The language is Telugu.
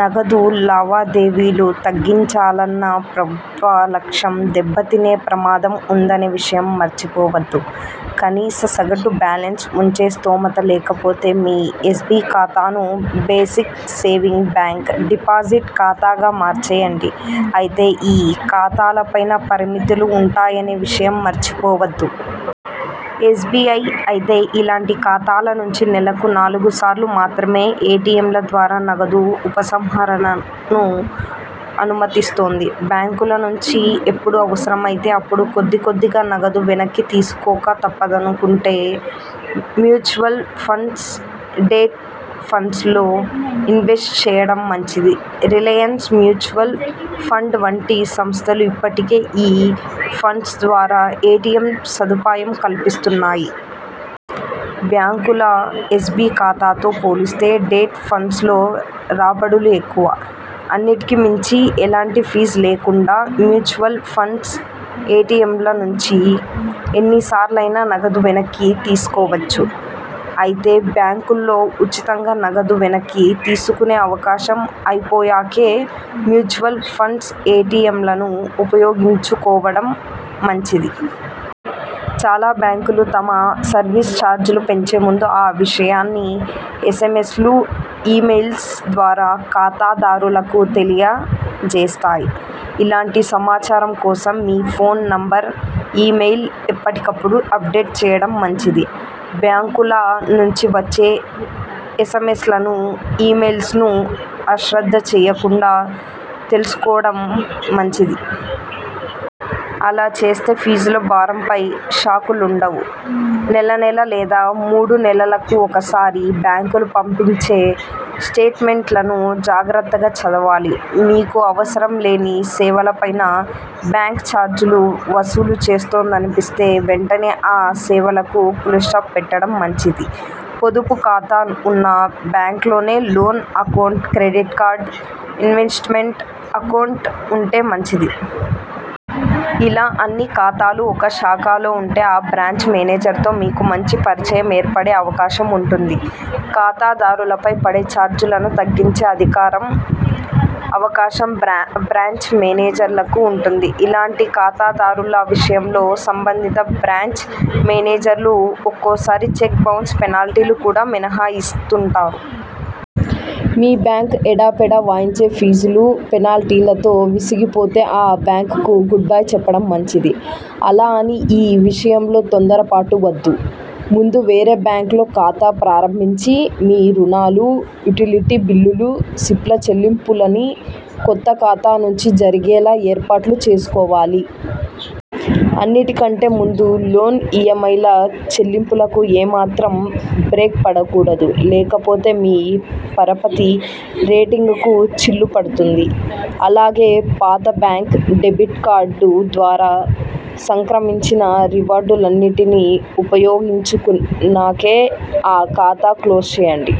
నగదు లావాదేవీలు తగ్గించాలన్న ప్రభుత్వ లక్ష్యం దెబ్బతినే ప్రమాదం ఉందనే విషయం మర్చిపోవద్దు. కనీస సగటు బాలెన్స్ ఉంచే స్థోమత లేకపోతే మీ ఎస్బి ఖాతాను బేసిక్ సేవింగ్ బ్యాంక్ డిపాజిట్ ఖాతాగా మార్చేయండి. అయితే ఈ ఖాతాల పైనా పరిమితులు ఉంటాయనే విషయం మర్చిపోవద్దు. ఎస్బిఐ అయితే ఇలాంటి ఖాతాల నుంచి నెలకు నాలుగు సార్లు మాత్రమే ఎటిఎంల ద్వారా నగదు ఉపసంహరణను అనుమతిస్తోంది. బ్యాంకుల నుంచి ఎప్పుడు అవసరమైతే అప్పుడు కొద్ది కొద్దిగా నగదు వెనక్కి తీసుకోక తప్పదనుకుంటే మ్యూచువల్ ఫండ్స్ డెట్ ఫండ్స్లో ఇన్వెస్ట్ చేయడం మంచిది. రిలయన్స్ మ్యూచువల్ ఫండ్ వంటి సంస్థలు ఇప్పటికే ఈ ఫండ్స్ ద్వారా ఎటిఎం సదుపాయం కల్పిస్తున్నాయి. బ్యాంకుల ఎస్బి ఖాతాతో పోలిస్తే డేట్ ఫండ్స్లో రాబడులు ఎక్కువ. అన్నిటికి మించి ఎలాంటి ఫీజు లేకుండా మ్యూచువల్ ఫండ్స్ ఎటిఎంల నుంచి ఎన్నిసార్లయినా నగదు వెనక్కి తీసుకోవచ్చు. అయితే బ్యాంకుల్లో ఉచితంగా నగదు వెనక్కి తీసుకునే అవకాశం అయిపోయాకే మ్యూచువల్ ఫండ్స్ ఎటిఎంలను ఉపయోగించుకోవడం మంచిది. చాలా బ్యాంకులు తమ సర్వీస్ ఛార్జ్ లు పెంచే ముందు ఆ విషయాన్ని ఎస్ఎంఎ్సలు, ఇ మొయిల్స్ ద్వారా ఖాతాదారులకు తెలియ జేస్తాయి. ఇలాంటి సమాచారం కోసం మీ ఫోన్ నంబర్, ఇ మెయిల్ ఎప్పటికపుడు అప్డేట్ చేయడం మంచిది. బ్యాంకు ల నుంచి వచ్చే ఎస్ఎంఎ్సలను, ఇ మెయిల్స్ను ఆశ్రద్ధ చేయకుండా తెలుసుకోవడం మంచిది. అలా చేస్తే ఫీజుల భారంపై షాకులుండవు. నెలనెలా లేదా మూడు నెలలకి ఒకసారి బ్యాంకులు పంపించే స్టేట్మెంట్లను జాగ్రత్తగా చదవాలి. మీకు అవసరం లేని సేవలపైనా బ్యాంక్ చార్జీలు వసూలు చేస్తోందనిపిస్తే, వెంటనే ఆ సేవలకు ఫుల్స్టాప్ పెట్టడం మంచిది. పొదుపు ఖాతా ఉన్న బ్యాంక్లోనే loan account, credit card, investment account ఉంటే మంచిది. ఇలా అన్ని ఖాతాలు ఒక శాఖలో ఉంటే ఆ బ్రాంచ్ మేనేజర్తో మీకు మంచి పరిచయం ఏర్పడే అవకాశం ఉంటుంది. ఖాతా దారులపై పడే చార్జీలను తగ్గించే అధికారం, అవకాశం బ్రా బ్రాంచ్ మేనేజర్లకు ఉంటుంది. ఇలాంటి ఖాతాదారుల విషయంలో సంబంధిత బ్రాంచ్ మేనేజర్లు ఒక్కోసారి చెక్ బౌన్స్ పెనాల్టీలు కూడా మినహాయిస్తుంటారు. మీ బ్యాంక్ ఎడాపెడా వాయించే ఫీజులు, పెనాల్టీలతో విసిగిపోతే ఆ బ్యాంక్కు గుడ్బై చెప్పడం మంచిది. అలా అని ఈ విషయంలో తొందర పాటు వద్దు. ముందు వేరే బ్యాంక్లో ఖాతా ప్రారంభించి మీ రుణాలు, యుటిలిటీ బిల్లులు, సిప్ల చెల్లింపులన్నీ కొత్త ఖాతా నుంచి జరిగేలా ఏర్పాట్లు చేసుకోవాలి. అన్నిటికంటే ముందు లోన్ ఈంఐల చెల్లింపులకు ఏ మాత్రం బ్రేక్ పడకూడదు. లేకపోతే మీ పరపతి రేటింగ్కూ చిల్లు పడుతుంది. అలాగే పాత బ్యాంక్ డెబిట్ కార్డు ద్వారా సంక్రమించిన రివార్డులన్నిటిని ఉపయోగిచుకున్నాకే ఆ ఖాతా క్లోజ్ చేయండి.